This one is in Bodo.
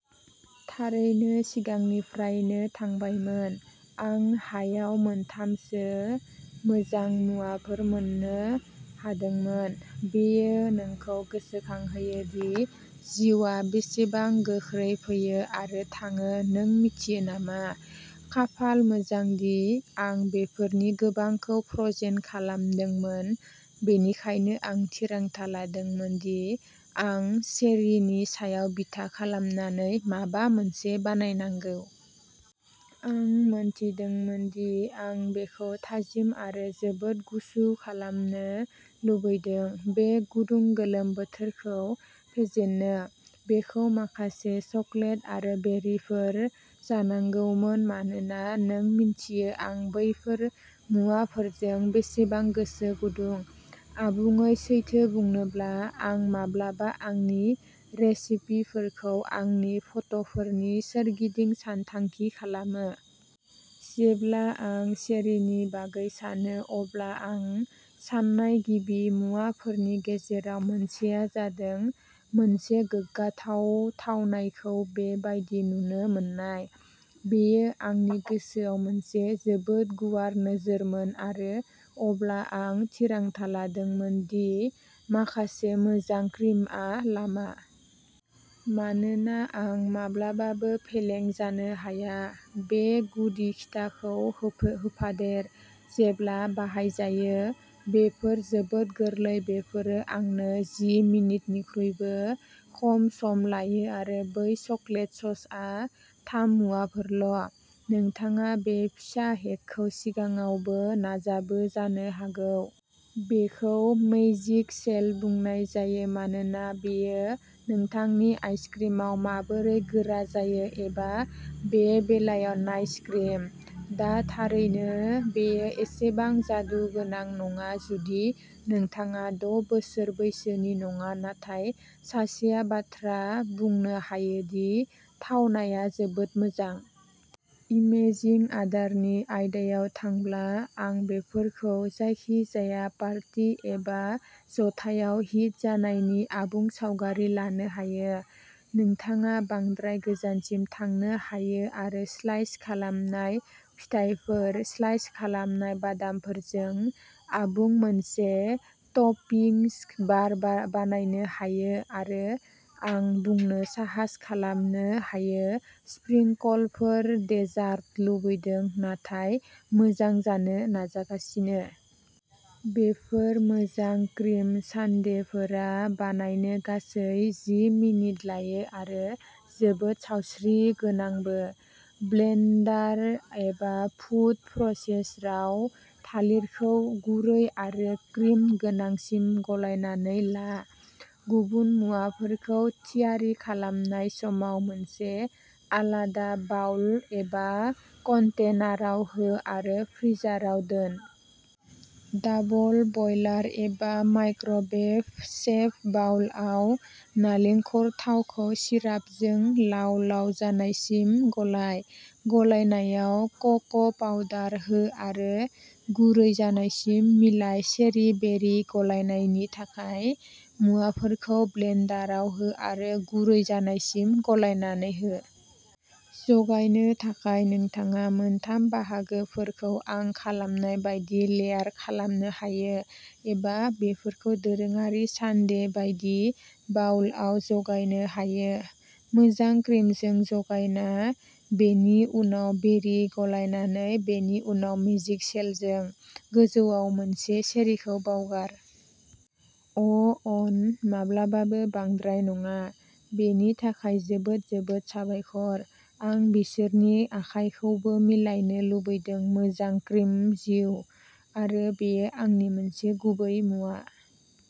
थारैनो सिगांनिफ्रायनो थांबायमोन। आं हायाव मोनथामसो मोजां मुवाफोर मोननो हादोंमोन। बेयो नोंखौ गोसोखांहोयो दि जिउआ बेसेबां गोख्रै फैयो आरो थाङो, नों मिथियो नामा? खाफाल मोजां दि आं बेफोरनि गोबांखौ फ्र'जेन खालामदोंमोन, बेनिखायनो आं थिरांथा लादोंमोन दि आं चेरीनि सायाव बिथा खालामनानै माबा मोनसे बानायनांगौ। आं मिथिदोंमोन दि आं बेखौ थाजिम आरो जोबोद गुसु खालामनो लुबैदों, बे गुदुं गोलोम बोथोरखौ फेजेननो। बेखौ माखासे चकलेट आरो बेरिफोर जानांगौमोन मानोना नों मिन्थियो आं बैफोर मुवाफोरजों बेसेबां गोसो गुदुं। आबुङै सैथो बुंनोब्ला, आं माब्लाबा आंनि रेसिपिफोरखौ आंनि फट'फोरनि सोरगिदिं सानथांखि खालामो। जेब्ला आं चेरीनि बागै सानो, अब्ला आं सान्नाय गिबि मुवाफोरनि गेजेराव मोनसेआ जादों मोनसे गोग्गाथाव थावनायखौ बे बायदि नुनो मोन्नाय। बेयो आंनि गोसोआव मोनसे जोबोद गुवार नोजोरमोन आरो अब्ला आं थिरांथा लादोंमोन दि माखासे मोजां क्रिमआ लामा। मानोना आं माब्लाबाबो फेलें जानो हाया। बे गुदि खिथाखौ होफ-होफादेर, जेब्ला बाहायजायो, बेफोर जोबोद गोरलै बेफोरो आंनो जि मिनिटनिख्रुइबो खम सम लायो आरो बै चकलेट ससआ थाम-मुवाफोरल'। नोंथाङा बे फिसा हेकखौ सिगाङावबो नाजाबो जानो हागौ। बेखौ मैजिक शेल बुंनाय जायो मानोना बेयो नोंथांनि आइसक्रिमाव माबोरै गोरा जायो, एबा बे बेलायाव नाइस क्रिम। दा थारैनो बेयो एसेबां जादुगोनां नङा जुदि नोंथाङा द' बोसोर बैसोनि नङा, नाथाय सासेया बाथ्रा बुंनो हायो दि थावनाया जोबोद मोजां। इमेजिं आदारनि आयदायाव थांब्ला, आं बेफोरखौ जायखिजाया पार्टी एबा जथायाव हिट जानायनि आबुं सावगारि लानो हायो। नोंथाङा बांद्राय गोजानसिम थांनो हायो आरो स्लाइस खालामनाय फिथाइफोर, स्लाइस खालामनाय बादामफोरजों आबुं मोनसे टपिंस बार बा-बानायनो हायो, आरो आं बुंनो साहास खालामनो हायो स्प्रिंकलफोर डेजार्ट लुबैदों, नाथाय मोजां जानो नाजागासिनो? बेफोर मोजां क्रिम सानडेफोरा बानायनो गासै जि मिनिट लायो आरो जोबोद सावस्रिगोनांबो। ब्लेन्डार एबा फुड प्रसेसराव, थालिरखौ गुरै आरो क्रिम गोनांसिम गलायनानै ला। गुबुन मुवाफोरखौ थियारि खालामनाय समाव मोनसे आलादा बाउल एबा कन्टेनाराव हो आरो फ्रिजाराव दोन। डाबल बयलार एबा माइक्र'वेभ सेफ बाउलआव, नालेंखर थावखौ सिरापजों लाव-लाव जानायसिम गलाइ। गलायनायाव क' क' पाउडार हो आरो गुरै जानायसिम मिलाइ चेरि बेरि गलायनायनि थाखाय, मुवाफोरखौ ब्लेन्डाराव हो आरो गुरै जानायसिम गलायनानै हो। जगायनो थाखाय नोंथाङा मोनथाम बाहागोफोरखौ आं खालामनाय बायदि लेयार खालामनो हायो एबा बेफोरखौ दोरोङारि सानडे बायदि बाउलआव जगायनो हायो, मोजां क्रिमजों जागायना, बेनि उनाव बेरि गलायनानै, बेनि उनाव मेजिक सेलजों। गोजौआव मोनसे चेरीखौ बावगार। अ' अन, माब्लाबाबो बांद्राय नङा। बेनि थाखाय जोबोद जोबोद साबायखर। आं बिसोरनि आखायखौबो मिलायनो लुबैदों मोजां क्रिम जिउ, आरो बेयो आंनि मोनसे गुबै मुवा।